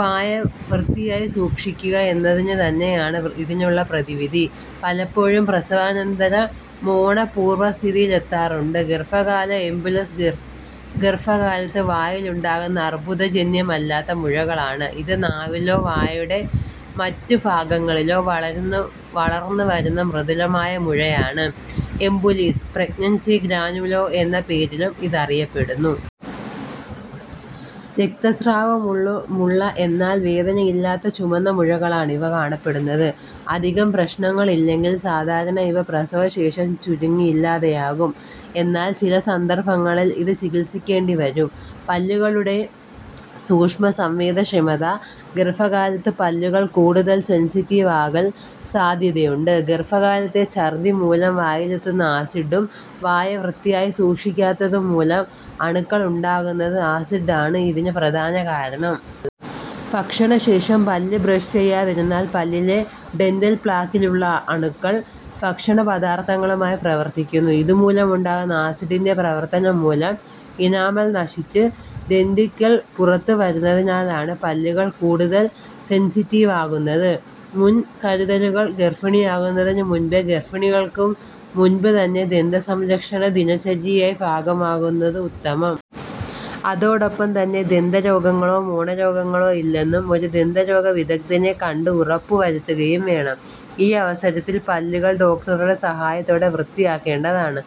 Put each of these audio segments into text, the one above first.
വായ വൃത്തിയായി സൂക്ഷിക്കുക എന്നത് തന്നെയാണ് ഇതിനുള്ള പ്രതിവിധി. പലപ്പോഴും പ്രസവാനന്തരം മോണ പൂര്വ്വസ്ഥിതിയില് എത്താറുണ്ട്. ഗര്ഭകാല എപുലിസ് ഗര്ഭകാലത്ത് വായില് ഉണ്ടാകുന്ന അര്ബുദജന്യമല്ലാത്ത മുഴകളാണ് ഇത്. നാവിലോ വായുടെ മറ്റു ഭാഗങ്ങളിലോ വളര്ന്നുവരുന്ന മൃദുലമായ മുഴയാണ് എപുലിസ്. പ്രഗ്നന്സി ഗ്രാനുലോമ എന്ന പേരിലും ഇതറിയപ്പെടുന്നു. രക്തസ്രാവമുള്ള, എന്നാല് വേദനയില്ലാത്ത ചുമന്ന മുഴകളായാണ് ഇവ കാണപ്പെടുന്നത്. അധികം പ്രശ്നങ്ങള് ഇല്ലെങ്കില് സാധാരണ ഇവ പ്രസവശേഷം ചുരുങ്ങി ഇല്ലാതെയാകും. എന്നാല് ചില സന്ദര്ഭങ്ങളില് ഇത് ചികിത്സിക്കേണ്ടി വരും. പല്ലുകളുടെ സൂക്ഷ്മസംവേദനക്ഷമത ഗര്ഭകാലത്ത് പല്ലുകള് കൂടുതല് സെന്സിറ്റീവ് ആകാന് സാധ്യതയുണ്ട്. ഗര്ഭകാലത്തെ ചര്ദ്ദി മൂലം വായിലെത്തുന്ന ആസിഡും വായ വൃത്തിയായി സൂക്ഷിക്കാത്തത് മൂലം അണുക്കള് ഉണ്ടാക്കുന്ന ആസിഡും ആണ് ഇതിനു പ്രധാന കാരണം. ഭക്ഷണശേഷം പല്ല് ബ്രഷ് ചെയ്യതെയിരുന്നാല് പല്ലിലെ ഡെന്റല് പ്ലാക്കിലുള്ള അണുക്കള് ഭക്ഷണപദാര്ഥങ്ങളുമായി പ്രവര്ത്തിക്കുന്നു. ഇതുമൂലമുണ്ടാകുന്ന ആസിഡിന്റെ പ്രവര്ത്തനം മൂലം ഇനാമല് നശിച്ചു ഡെന്റിനുകള് പുറത്തു വരുന്നതിനാലാണ് പല്ലുകള് കൂടുതല് സെന്സിറ്റീവ് ആകുന്നത്. മുന്കരുതലുകള് ഗര്ഭിണിയാകുന്നതിനു മുന്പേ ഗര്ഭിണിയാകുന്നതിനു മുന്പ് തന്നെ ദന്ത സംരക്ഷണം ജീവിതചര്യയുടെ ഭാഗമാക്കുന്നതാണ് ഉത്തമം. അതോടൊപ്പം തന്നെ, ദന്ത രോഗങ്ങളോ മോണരോഗങ്ങളോ ഇല്ലെന്നു ഒരു ദന്തരോഗ വിദഗ്ധനെ കണ്ടു ഉറപ്പു വരുത്തുകയും വേണം. ഈ അവസരത്തില് പല്ലുകള് ഡോക്ടറുടെ സഹായത്തോടെ വൃത്തിയാക്കേണ്ടതാണ്.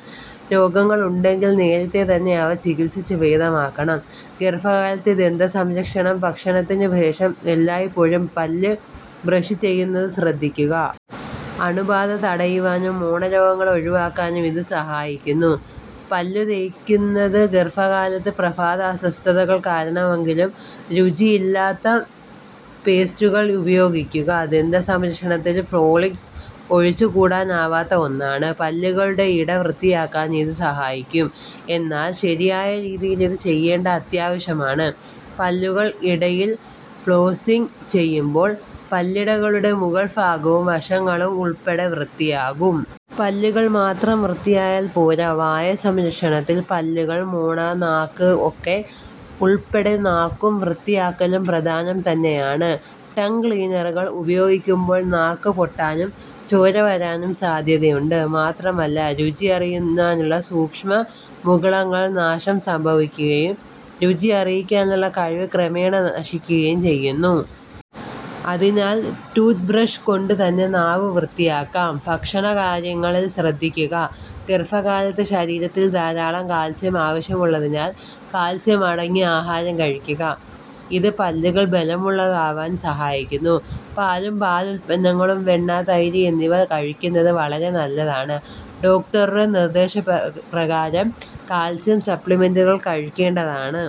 രോഗങ്ങള് ഉണ്ടെങ്കില് നേരത്തെ തന്നെ അവ ചികിത്സിച്ചു ഭേദമാക്കണം. ഗര്ഭകാലത്തെ ദന്ത സംരക്ഷണം ഭക്ഷണത്തിന് ശേഷം എല്ലായ്പ്പോഴും പല്ല് ബ്രഷ് ചെയ്യുവാന് ശ്രദ്ധിക്കുക. അണുബാധ തടയുവാനും മോണരോഗങ്ങള് ഒഴിവാക്കുവാനും ഇത് സഹായിക്കും. പല്ലുതേയ്ക്കുന്നത് ഗര്ഭകാലത്ത് പ്രഭാത അസ്വസ്ഥതകള്ക്ക് കാരണമാകുമെങ്കില് രുചിയില്ലാത്ത പേസ്റ്റുകള് ഉപയോഗിക്കുക. ദന്ത സംരക്ഷണത്തില് ഫ്ലോസ്സിങ് ഒഴിച്ചുകൂടാനാവാത്ത ഒന്നാണ്. പല്ലുകളുടെ ഇട വൃത്തായാക്കാന് ഇത് സഹായിക്കും. എന്നാല് ശരിയായ രീതിയില് ഇത് ചെയ്യേണ്ടത് അത്യാവശ്യമാണ്. പല്ലുകളുടെ ഇടയില് ഫ്ലോസ്സിങ് ചെയ്യുമ്പോള് പല്ലിടകളുടെ മുകള് ഭാഗവും വശങ്ങളും ഉള്പ്പടെ വൃത്തിയാക്കുക. പല്ലുകള് മാത്രം വൃത്തിയാക്കിയാല് പോര. വായ സംരക്ഷണത്തില് പല്ലുകളും, മോണയും, നാക്കും ഒക്കെ ഉള്പ്പെടും. നാക്കു വൃത്തിയാക്കലും പ്രധാനം തന്നെയാണ്. ടങ് ക്ലീനറുകള് ഉപയോഗിക്കുമ്പോള് നാക്ക് പൊട്ടാനും ചോര വരാനും സാധ്യത ഉണ്ട്. മാത്രമല്ല രുചിയറിയുവാനുള്ള സൂക്ഷ്മ മുകളങ്ങള്ക്ക് നാശം സംഭവിക്കുകയും രുചിയറിയാനുള്ള കഴിവ് ക്രമേണ നശിക്കുകയും ചെയ്യും. അതിനാല് ടൂത്ത് ബ്രഷ് കൊണ്ടു തന്നെ നാക്കും വൃത്തിയാക്കാം. ഭക്ഷണകാര്യങ്ങളിലും ശ്രദ്ധിക്കുക. ഗര്ഭ കാലത്ത് ശരീരത്തിന് ധാരാളം കാത്സ്യം ആവശ്യമുള്ളതിനാല് കാത്സ്യം അടങ്ങിയ ആഹാരം കഴിക്കുക. ഇത് പല്ലുകള് ബലമുള്ളതാക്കുവാന് സഹായിക്കും. പാലും പാലുത്പന്നങ്ങളായ വെണ്ണ, തൈര് എന്നിവയും കഴിക്കുന്നത് വളരെ നല്ലതാണ്. ഡോക്ടറുടെ നിര്ദേശ പ്രകാരം കാത്സ്യം സപ്ലിമെന്റുകളും കഴിക്കേണ്ടതാണ്.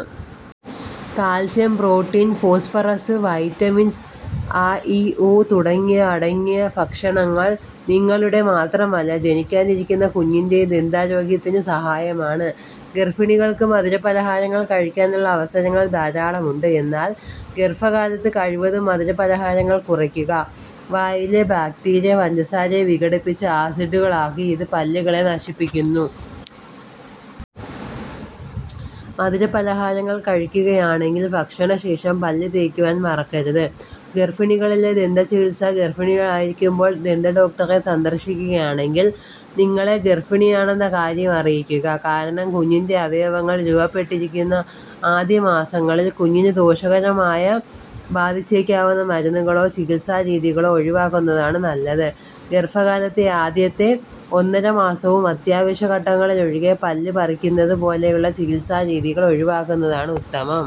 Calcium, protein, phosphorus, vitamin A, E, ഉ തുടങ്ങിയവ അടങ്ങിയ ഭക്ഷണം നിങ്ങളുടെ മാത്രമല്ല ജനിക്കാനിരിക്കുന്ന കുഞ്ഞിന്റെ ദന്താരോഗ്യത്തിനും സഹായകമാണ്. ഗര്ഭിണികള്ക്ക് മധുര പലഹാരങ്ങള് കഴിക്കാനുള്ള അവസരങ്ങള് ധാരാളമുണ്ട്. എന്നാല്, ഗര്ഭ കാലത്ത് കഴിവതും മധുര പലഹാരങ്ങള് കുറയ്ക്കുക. വായിലെ ബാക്ടീരിയ പഞ്ചസാരയെ വിഘടിപ്പിപ്പിച്ച് ആസിഡ് ആക്കുകയും ഇത് പല്ലുകളെ നശിപ്പിക്കുകയും ചെയ്യും. മധുര പലഹാരങ്ങള് കഴിക്കുകയാണെങ്കില് ഭക്ഷണശേഷം പല്ല് തേയ്ക്കുവാന് മറക്കരുത്. ഗര്ഭിണികളിലെ ദന്ത ചികിത്സ ഗര്ഭിണിയായിരിക്കുമ്പോള് ദന്തഡോക്ടറെ സന്ദര്ശിക്കുകയാണെങ്കില് നിങ്ങള് ഗര്ഭിണിയാണെന്ന കാര്യം അറിയിക്കുക. കാരണം കുഞ്ഞിന്റെ അവയവങ്ങള് രൂപപ്പെട്ടുകൊണ്ടിരിക്കുന്ന ആദ്യ മാസങ്ങളില് കുഞ്ഞിനെ ദോഷകരമായി ബാധിച്ചേക്കാവുന്ന മരുന്നുകളോ ചികിത്സാരീതികളോ ഒഴിവാക്കുന്നതാണ് നല്ലത്. ഗര്ഭകാലത്തെ ആദ്യത്തെ ഒന്നര മാസവും അവസാനത്തെ ഒന്നര മാസവും അത്യാവശ്യ ഘട്ടങ്ങളിലൊഴികെ പല്ല് പറിക്കുന്നത് പോലെയുള്ള ചികിത്സാരീതികള് ഒഴിവാക്കുന്നതാണ് ഉത്തമം.